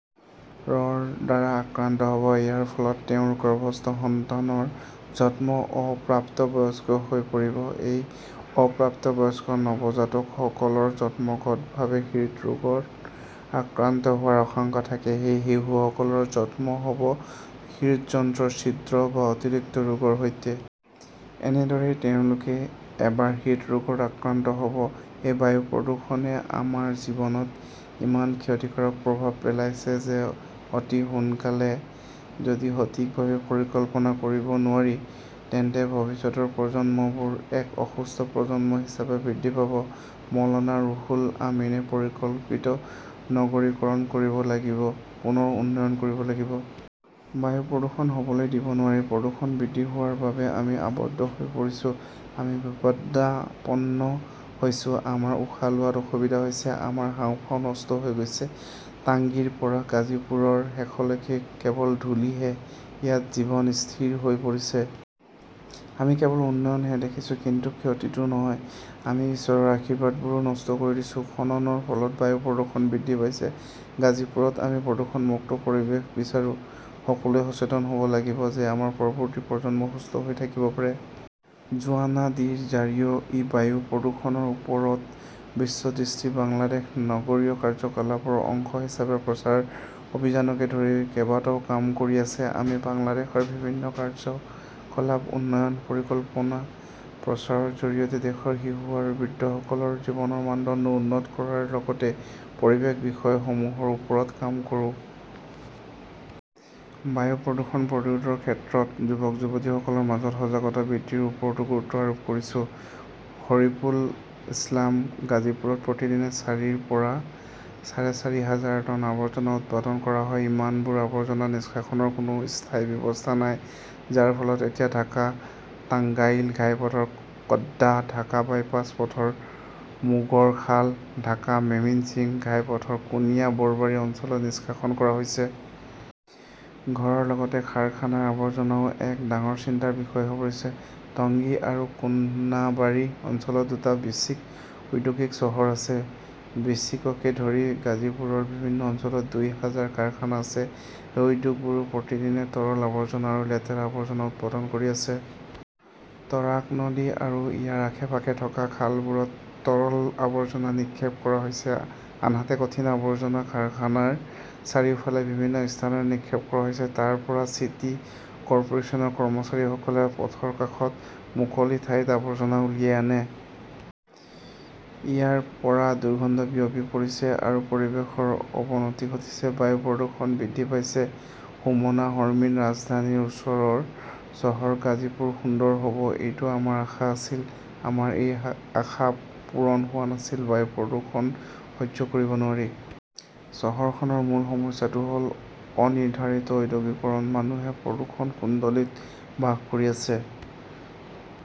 ৰ দ্বাৰা আক্ৰান্ত হ 'ব। ইয়াৰ ফলত তেওঁৰ গৰ্ভস্থ সন্তানৰ জন্ম অপ্ৰাপ্তবয়স্ক হৈ পৰিব। এই অপ্ৰাপ্তবয়স্ক নৱজাতকসকলৰ জন্মগতভাৱে হৃদৰোগত আক্ৰান্ত হোৱাৰ আশংকা থাকে। এই শিশুসকলৰ জন্ম হ’ব হৃদযন্ত্ৰৰ ছিদ্ৰ বা অতিৰিক্ত ৰোগৰ সৈতে। এনেদৰেই তেওঁলোকে এবাৰ হৃদৰোগত আক্ৰান্ত হ’ব। এই বায়ু প্ৰদূষণে আমাৰ জীৱনত ইমান ক্ষতিকাৰক প্ৰভাৱ পেলাইছে যে অতি সোনকালে যদি সঠিকভাৱে পৰিকল্পনা কৰিব নোৱাৰি, তেন্তে ভৱিষ্যতৰ প্ৰজন্মবোৰ এক অসুস্থ প্ৰজন্ম হিচাপে বৃদ্ধি পাব। মৌলানা ৰুহুল আমিনে পৰিকল্পিত নগৰীকৰণ কৰিব লাগিব, পুনৰ উন্নয়ন কৰিব লাগিব। বায়ু প্ৰদূষণ হ’বলৈ দিব নোৱাৰি। প্ৰদূষণ বৃদ্ধি হোৱাৰ বাবে আমি আবদ্ধ হৈ পৰিছো। আমি বিপদাপন্ন হৈছো। আমাৰ উশাহ লোৱাত অসুবিধা হৈছে। আমাৰ হাঁওফাঁও নষ্ট হৈ গৈছে। টাংগীৰ পৰা গাজিপুৰৰ শেষলৈকে কেৱল ধূলিহে। ইয়াত জীৱন স্থিৰ হৈ পৰিছে। আমি কেৱল উন্নয়নহে দেখিছোঁ, কিন্তু ক্ষতিটো নহয়। আমি ঈশ্বৰৰ আশীৰ্বাদবোৰো নষ্ট কৰি দিছো। খননৰ ফলত বায়ু প্ৰদূষণ বৃদ্ধি পাইছে। গাজিপুৰত আমি প্ৰদূষণমুক্ত পৰিৱেশ বিচাৰো। সকলোৱে সচেতন হ 'ব লাগিব যে আমাৰ পৰৱৰ্তী প্ৰজন্ম সুস্থ হৈ থাকিব পাৰে। জোৱানা ডি ৰ 'জাৰিঅ' ই বায়ু প্ৰদূষণৰ ওপৰত বিশ্ব দৃষ্টি বাংলাদেশ নগৰীয় কাৰ্যকলাপৰ অংশ হিচাপে প্ৰচাৰ অভিযানকে ধৰি কেইবাটাও কাম কৰি আছে। আমি বাংলাদেশৰ বিভিন্ন কাৰ্যকলাপ, উন্নয়ন পৰিকল্পনা, প্ৰচাৰৰ জৰিয়তে দেশৰ শিশু আৰু বৃদ্ধসকলৰ জীৱনৰ মানদণ্ড উন্নত কৰাৰ লগতে পৰিৱেশগত বিষয়সমূহৰ ওপৰত কাম কৰো। বায়ু প্ৰদূষণ প্ৰতিৰোধৰ ক্ষেত্ৰত যুৱক-যুৱতীসকলৰ মাজত সজাগতা বৃদ্ধিৰ ওপৰতো গুৰুত্ব আৰোপ কৰিছো। শৰীফুল ইছলাম গাজীপুৰত প্ৰতিদিনে চাৰিৰ পৰা চাৰে চাৰি হাজাৰ টন আৱৰ্জনা উৎপাদন কৰা হয়। ইমানবোৰ আৱৰ্জনা নিষ্কাশনৰ কোনো স্থায়ী ব্যৱস্থা নাই, যাৰ ফলত এতিয়া ঢাকা-টাঙ্গাইল ঘাইপথৰ কড্ডা, ঢাকা-বাইপাছ পথৰ মোগৰখাল, ঢাকা-মেমিন্সিং ঘাইপথৰ কুনিয়া বৰবাৰী অঞ্চলত নিষ্কাশন কৰা হৈছে। ঘৰৰ লগতে কাৰখানাৰ আৱৰ্জনাও এক ডাঙৰ চিন্তাৰ বিষয় হৈ পৰিছে। টংগী আৰু কোনাবাৰী অঞ্চলত দুটা বিচিক ঔদ্যোগিক চহৰ আছে। বিসিককে ধৰি গাজীপুৰৰ বিভিন্ন অঞ্চলত দুই হাজাৰ কাৰখানা আছে। এই উদ্যোগবোৰে প্ৰতিদিনে তৰল আৱৰ্জনা আৰু লেতেৰা আৱৰ্জনা উৎপাদন কৰি আছে। তৰাগ নদী আৰু ইয়াৰ আশে-পাশে থকা খালবোৰত তৰল আৱৰ্জনা নিক্ষেপ কৰা হৈছে, আনহাতে কঠিন আৱৰ্জনা কাৰখানাৰ চাৰিওফালে বিভিন্ন স্থানত নিক্ষেপ কৰা হৈছে। তাৰ পৰা চিটি কৰ্পোৰেচনৰ কৰ্মচাৰীসকলে পথৰ কাষত মুকলি ঠাইত আৱৰ্জনা উলিয়াই আনে। ইয়াৰ পৰা দুৰ্গন্ধ বিয়পি পৰিছে আৰু পৰিৱেশৰ অৱনতি ঘটিছে। বায়ু প্ৰদূষণ বৃদ্ধি পাইছে। সুমনা শৰ্মিন ৰাজধানীৰ ওচৰৰ চহৰ গাজীপুৰ সুন্দৰ হ 'ব এইটো আমাৰ আশা আছিল। আমাৰ সেই আশা পূৰণ হোৱা নাছিল। বায়ু প্ৰদূষণ সহ্য কৰিব নোৱাৰি। চহৰখনৰ মূল সমস্যাটো হ’ল অনিৰ্ধাৰিত ঔদ্যোগিকৰণ। মানুহে প্ৰদূষণৰ কুণ্ডলীত বাস কৰি আছে।